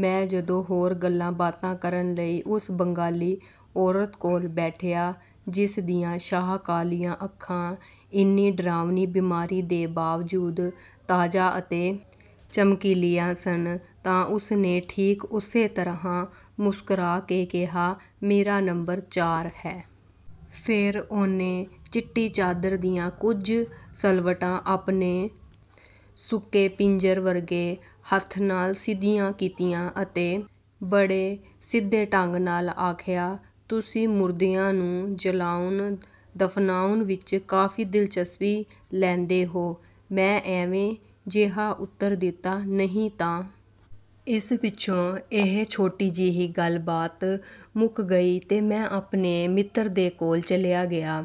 ਮੈਂ ਜਦੋਂ ਹੋਰ ਗੱਲਾਂ-ਬਾਤਾਂ ਕਰਨ ਲਈ ਉਸ ਬੰਗਾਲੀ ਔਰਤ ਕੋਲ ਬੈਠਿਆ, ਜਿਸ ਦੀਆਂ ਸ਼ਾਹ-ਕਾਲੀਆਂ ਅੱਖਾਂ, ਇੰਨੀ ਡਰਾਉਣੀ ਬੀਮਾਰੀ ਦੇ ਬਾਵਜੂਦ ਤਾਜ਼ਾ ਅਤੇ ਚਮਕੀਲੀਆਂ ਸਨ, ਤਾਂ ਉਸਨੇ ਠੀਕ ਉਸੇ ਤਰ੍ਹਾਂ ਮੁਸਕਰਾ ਕੇ ਕਿਹਾ, “ਮੇਰਾ ਨੰਬਰ ਚਾਰ ਹੈ।” ਫੇਰ ਉਹਨੇ ਚਿੱਟੀ ਚਾਦਰ ਦੀਆਂ ਕੁਝ ਸਿਲਵਟਾਂ ਆਪਣੇ ਸੁੱਕੇ ਪਿੰਜਰ ਵਰਗੇ ਹੱਥ ਨਾਲ ਸਿੱਧੀਆਂ ਕੀਤੀਆਂ ਅਤੇ ਬੜੇ ਸਿੱਧੇ ਢੰਗ ਨਾਲ ਆਖਿਆ, “ਤੁਸੀਂ ਮੁਰਦਿਆਂ ਨੂੰ ਜਲਾਉਣ-ਦਫ਼ਨਾਉਣ ਵਿੱਚ ਕਾਫ਼ੀ ਦਿਲਚਸਪੀ ਲੈਂਦੇ ਹੋ।” ਮੈਂ ਐਵੇਂ-ਜਿਹਾ ਉੱਤਰ ਦਿੱਤਾ, “ਨਹੀਂ ਤਾਂ।” ਇਸ ਪਿੱਛੋਂ ਇਹ ਛੋਟੀ ਜਿਹੀ ਗੱਲ-ਬਾਤ ਮੁੱਕ ਗਈ ਅਤੇ ਮੈਂ ਆਪਣੇ ਮਿੱਤਰ ਦੇ ਕੋਲ ਚਲਿਆ ਗਿਆ।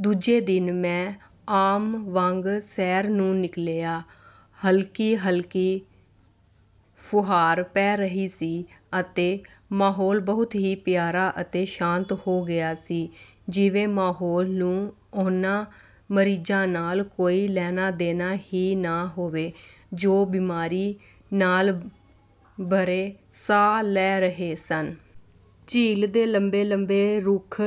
ਦੂਜੇ ਦਿਨ ਮੈਂ ਆਮ ਵਾਂਗ ਸੈਰ ਨੂੰ ਨਿਕਲਿਆ। ਹਲਕੀ-ਹਲਕੀ ਫ਼ੁਹਾਰ ਪੈ ਰਹੀ ਸੀ ਅਤੇ ਮਾਹੌਲ ਬਹੁਤ ਹੀ ਪਿਆਰਾ ਅਤੇ ਸ਼ਾਂਤ ਹੋ ਗਿਆ ਸੀ, ਜਿਵੇਂ ਮਾਹੌਲ ਨੂੰ ਉਹਨਾਂ ਮਰੀਜ਼ਾਂ ਨਾਲ ਕੋਈ ਲੈਣਾ-ਦੇਣਾ ਹੀ ਨਾ ਹੋਵੇ, ਜੋ ਬੀਮਾਰੀ ਨਾਲ ਭਰੇ ਸਾਹ ਲੈ ਰਹੇ ਸਨ। ਚੀਲ੍ਹ ਦੇ ਲੰਬੇ-ਲੰਬੇ ਰੁੱਖ,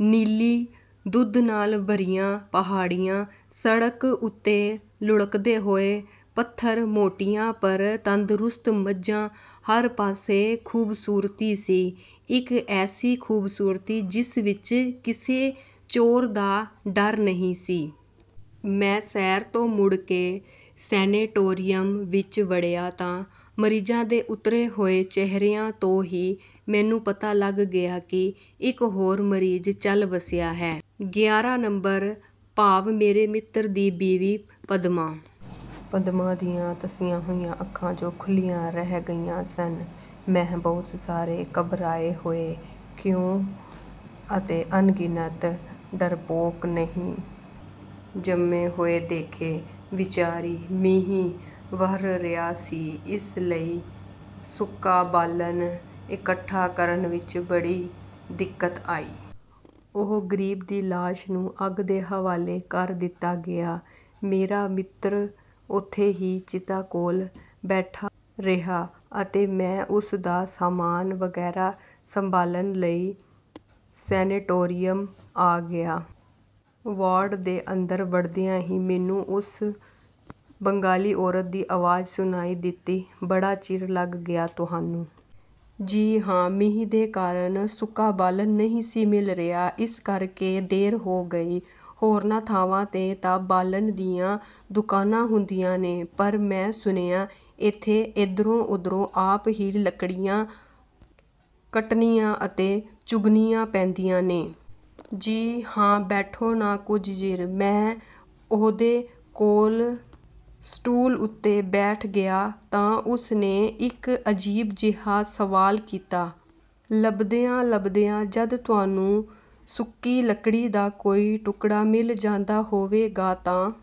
ਨੀਲੀ ਧੁੰਦ ਨਾਲ ਭਰੀਆਂ ਪਹਾੜੀਆਂ, ਸੜਕ ਉੱਤੇ ਲੁੜਕਦੇ ਹੋਏ ਪੱਥਰ, ਮੋਟੀਆਂ ਪਰ ਤੰਦਰੁਸਤ ਮੱਝਾਂ, ਹਰ ਪਾਸੇ ਖ਼ੂਬਸੂਰਤੀ ਸੀ। ਇੱਕ ਐਸੀ ਖ਼ੂਬਸੂਰਤੀ, ਜਿਸ ਵਿੱਚ ਕਿਸੇ ਚੋਰ ਦਾ ਡਰ ਨਹੀਂ ਸੀ। ਮੈਂ ਸੈਰ ਤੋਂ ਮੁੜ ਕੇ ਸੈਨੇਟੋਰੀਅਮ ਵਿੱਚ ਵੜਿਆ ਤਾਂ ਮਰੀਜ਼ਾਂ ਦੇ ਉੱਤਰੇ ਹੋਏ ਚਿਹਰਿਆਂ ਤੋਂ ਹੀ ਮੈਨੂੰ ਪਤਾ ਲੱਗ ਗਿਆ ਕਿ ਇੱਕ ਹੋਰ ਮਰੀਜ਼ ਚੱਲ ਵੱਸਿਆ ਹੈ। ਗਿਆਰਾਂ ਨੰਬਰ, ਭਾਵ ਮੇਰੇ ਮਿੱਤਰ ਦੀ ਬੀਵੀ ਪਦਮਾ। ਪਦਮਾ ਦੀਆਂ ਧਸੀਆਂ ਹੋਈਆਂ ਅੱਖਾਂ ਵਿੱਚ, ਜੋ ਖੁੱਲ੍ਹੀਆਂ ਰਹਿ ਗਈਆਂ ਸਨ, ਮੈਂ ਬਹੁਤ ਸਾਰੇ ਘਬਰਾਏ ਹੋਏ ‘ਕਿਉਂ’ ਅਤੇ ਅਣਗਿਣਤ ਡਰਪੋਕ ‘ਨਹੀਂ’ ਜੰਮੇ ਹੋਏ ਦੇਖੇ। ਵਿਚਾਰੀ! ਮੀਂਹ ਵਰ੍ਹ ਰਿਹਾ ਸੀ, ਇਸ ਲਈ ਸੁੱਕਾ ਬਾਲਣ ਇਕੱਠਾ ਕਰਨ ਵਿੱਚ ਬੜੀ ਦਿੱਕਤ ਆਈ। ਉਸ ਗਰੀਬ ਦੀ ਲਾਸ਼ ਨੂੰ ਅੱਗ ਦੇ ਹਵਾਲੇ ਕਰ ਦਿੱਤਾ ਗਿਆ। ਮੇਰਾ ਮਿੱਤਰ ਓਥੇ ਹੀ ਚਿਤਾ ਕੋਲ ਬੈਠਾ ਰਿਹਾ ਅਤੇ ਮੈਂ ਉਸਦਾ ਸਾਮਾਨ ਵਗੈਰਾ ਸੰਭਾਲਣ ਲਈ ਸੈਨੇਟੋਰੀਅਮ ਆ ਗਿਆ। ਵਾਰਡ ਦੇ ਅੰਦਰ ਵੜਦਿਆਂ ਹੀ ਮੈਨੂੰ ਉਸ ਬੰਗਾਲੀ ਔਰਤ ਦੀ ਆਵਾਜ਼ ਸੁਣਾਈ ਦਿੱਤੀ, “ਬੜਾ ਚਿਰ ਲੱਗ ਗਿਆ ਤੁਹਾਨੂੰ।” “ਜੀ ਹਾਂ। ਮੀਂਹ ਦੇ ਕਾਰਨ ਸੁੱਕਾ ਬਾਲਣ ਨਹੀਂ ਸੀ ਮਿਲ ਰਿਹਾ, ਇਸ ਕਰਕੇ ਦੇਰ ਹੋ ਗਈ।” “ਹੋਰਨਾਂ ਥਾਵਾਂ ’ਤੇ ਤਾਂ ਬਾਲਣ ਦੀਆਂ ਦੁਕਾਨਾਂ ਹੁੰਦੀਆਂ ਨੇ, ਪਰ ਮੈਂ ਸੁਣਿਐਂ ਏਥੇ ਏਧਰੋਂ-ਓਧਰੋਂ ਆਪ ਹੀ ਲੱਕੜੀਆਂ ਕੱਟਣੀਆਂ ਅਤੇ ਚੁਗਣੀਆਂ ਪੈਂਦੀਆਂ ਨੇ।” “ਜੀ ਹਾਂ।” “ਬੈਠੋ ਨਾ, ਕੁਝ ਚਿਰ।” ਮੈਂ ਉਹਦੇ ਕੋਲ ਸਟੂਲ ਉੱਤੇ ਬੈਠ ਗਿਆ ਤਾਂ ਉਸਨੇ ਇੱਕ ਅਜੀਬ ਜਿਹਾ ਸਵਾਲ ਕੀਤਾ, “ਲੱਭਦਿਆਂ-ਲੱਭਦਿਆਂ ਜਦ ਤੁਹਾਨੂੰ ਸੁੱਕੀ ਲੱਕੜੀ ਦਾ ਕੋਈ ਟੁਕੜਾ ਮਿਲ ਜਾਂਦਾ ਹੋਵੇਗਾ ਤਾਂ